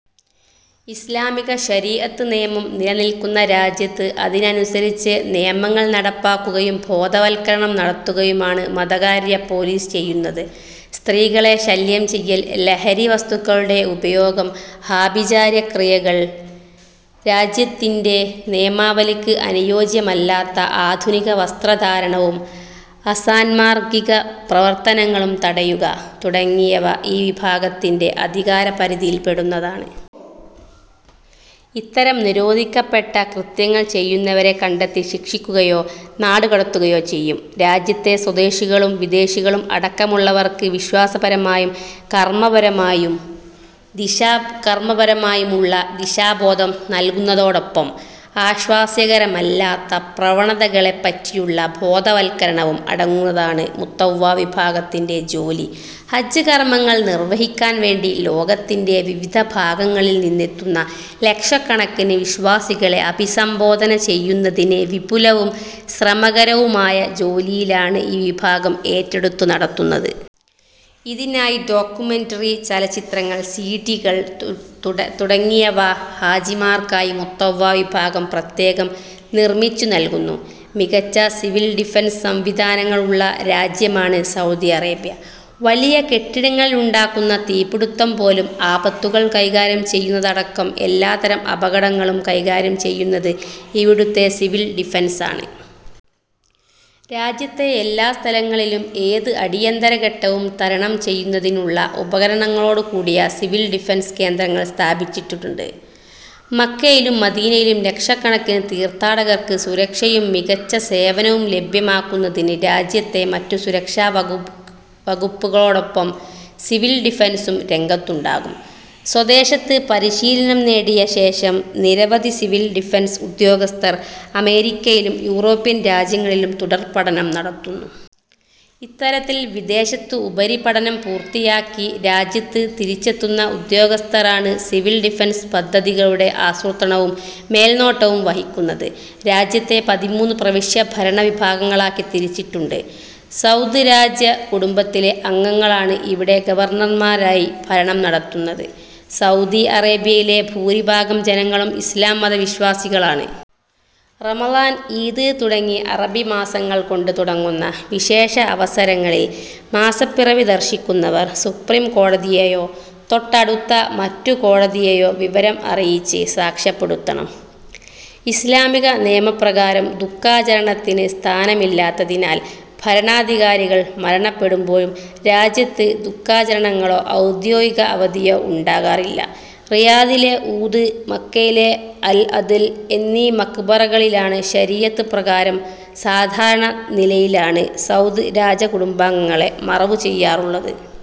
ഇസ്ലാമിക ശരീഅത്ത് നിയമം നില നിൽക്കുന്ന രാജ്യത്ത് അതിനനുസരിച്ച് നിയമങ്ങൾ നടപ്പാക്കുകയും ബോധവൽക്കരണം നടത്തുകയുമാണ് മതകാര്യ പോലീസ് ചെയ്യുന്നത്. സ്ത്രീകളെ ശല്യം ചെയ്യൽ, ലഹരി വസ്തുക്കളുടെ ഉപയോഗം, ആഭിചാരക്രിയകൾ, രാജ്യത്തിന്റെ നിയമാവലിക്ക് അനുയോജ്യമല്ലാത്ത ആധുനിക വസ്ത്രധാരണവും അസാന്മാർഗിക പ്രവർത്തനങ്ങളും തടയുക തുടങ്ങിയവ ഈ വിഭാഗത്തിന്റെ അധികാര പരിധിയിൽ പെടുന്നതാണ്. ഇത്തരം നിരോധിക്കപ്പെട്ട കൃത്യങ്ങൾ ചെയ്യുന്നവരെ കണ്ടെത്തി ശിക്ഷിക്കുകയോ നാട് കടത്തുകയോ ചെയ്യും. രാജ്യത്തെ സ്വദേശികളും വിദേശികളും അടക്കമുള്ളവർക്ക് വിശ്വാസപരമായും കർമ്മപരമായും ദിശ കർമപരമായുമുള്ള ദിശാബോധം നൽകുന്നതോടൊപ്പം ആശാസ്യകരമല്ലാത്ത പ്രവണതകളെ പറ്റിയുള്ള ബോധവത്കരണവും അടങ്ങുന്നതാണ് മുത്തവ്വ വിഭാഗത്തിന്റെ ജോലി. ഹജ്ജ് കർമങ്ങൾ നിർവഹിക്കാൻ വേണ്ടി ലോകത്തിന്റെ വിവിധ ഭാഗങ്ങളിൽ നിന്നെത്തുന്ന ലക്ഷക്കണക്കിന് വിശ്വാസികളെ അഭിസംബോധന ചെയ്യുന്നതിന് വിപുലവും ശ്രമകരവുമായ ജോലിയിലാണ് ഈ വിഭാഗം ഏറ്റെടുത്തു നടത്തുന്നത്. ഇതിനായി ഡോക്യുമെന്ററി ചലച്ചിത്രങ്ങൾ, സി. ഡി. കൾ, തുടങ്ങിയവ ഹാജിമാർക്കായി മുത്തവ്വ വിഭാഗം പ്രത്യേകം നിർമിച്ചു നൽകുന്നു. മികച്ച സിവിൽ ഡിഫൻസ് സംവിധാനങ്ങൾ ഉള്ള രാജ്യമാണ് സൗദി അറേബ്യ. വലിയ കെട്ടിടങ്ങളിലുണ്ടാകുന്ന തീപ്പിടുത്തം പോലും ആപത്തുകൾ കൈകാര്യം ചെയ്യുന്നതടക്കം എല്ലാതരം അപകടങ്ങളും കൈകാര്യം ചെയ്യുന്നത് ഇവിടുത്തെ സിവിൽ ഡിഫൻസ് ആണ്. രാജ്യത്തെ എല്ലാ സ്ഥലങ്ങളിലും ഏത് അടിയന്തരഘട്ടവും തരണം ചെയ്യുന്നതിനുള്ള ഉപകരണങ്ങളോട് കൂടിയ സിവിൽ ഡിഫൻസ് കേന്ദ്രങ്ങൾ സ്ഥാപിച്ചിട്ടുണ്ട്. മക്കയിലും മദീനയിലും ലക്ഷക്കണക്കിന് തീർത്ഥാടകർക്ക് സുരക്ഷയും മികച്ച സേവനവും ലഭ്യമാക്കുന്നതിന് രാജ്യത്തെ മറ്റു സുരക്ഷാ വകുപ്പുകളോടൊപ്പം സിവിൽ ഡിഫൻസും രംഗത്തുണ്ടാകും. സ്വദേശത്ത് പരിശീലനം നേടിയ ശേഷം നിരവധി സിവിൽ ഡിഫൻസ് ഉദ്യോഗസ്ഥർ അമേരിക്കയിലും യൂറോപ്യൻ രാജ്യങ്ങളിലും തുടർപഠനം നടത്തുന്നു. ഇത്തരത്തിൽ വിദേശത്തു ഉപരിപഠനം പൂർത്തിയാക്കി രാജ്യത്ത് തിരിച്ചെത്തുന്ന ഉദ്യോഗസ്ഥർ ആണ് സിവിൽ ഡിഫൻസ് പദ്ധതികളുടെ ആസൂത്രണവും മേൽനോട്ടവും വഹിക്കുന്നത്. രാജ്യത്തെ പതിമൂന്നു പ്രവിശ്യ ഭരണ വിഭാഗങ്ങളാക്കി തിരിച്ചിട്ടുണ്ട്. സൗദ് രാജ കുടുംബത്തിലെ അംഗങ്ങളാണ് ഇവിടെ ഗവർണർമാരായി ഭരണം നടത്തുന്നത്. സൗദി അറേബ്യയിലെ ഭൂരിഭാഗം ജനങ്ങളും ഇസ്ലാം മത വിശ്വാസികൾ ആണ്. റമദാൻ, ഈദ് തുടങ്ങി അറബി മാസങ്ങൾ കൊണ്ട് തുടങ്ങുന്ന വിശേഷ അവസരങ്ങളിൽ മാസപ്പിറവി ദർശിക്കുന്നവർ സുപ്രീം കോടതിയെയോ, തൊട്ടടുത്ത മറ്റു കോടതിയെയോ വിവരം അറിയിച്ച് സാക്ഷ്യപ്പെടുത്തണം. ഇസ്ലാമിക നിയമ പ്രകാരം ദു:ഖാചരണത്തിന് സ്ഥാനമില്ലാത്തതിനാൽ ഭരണാധികാരികൾ മരണപ്പെടുമ്പോഴും രാജ്യത്ത് ദു:ഖാചരണങ്ങളോ ഔദ്യോഗിക അവധിയോ ഉണ്ടാകാറില്ല. റിയാദിലെ ഊദ്, മക്കയിലെ അൽഅദ്ൽ എന്നീ മഖ്ബറകളിലാണ് ശരീഅത്ത് പ്രകാരം സാധാരണ നിലയിലാണ് സൗദ് രാജകുടുംബാംഗങ്ങളെ മറവു ചെയ്യാറുള്ളത്.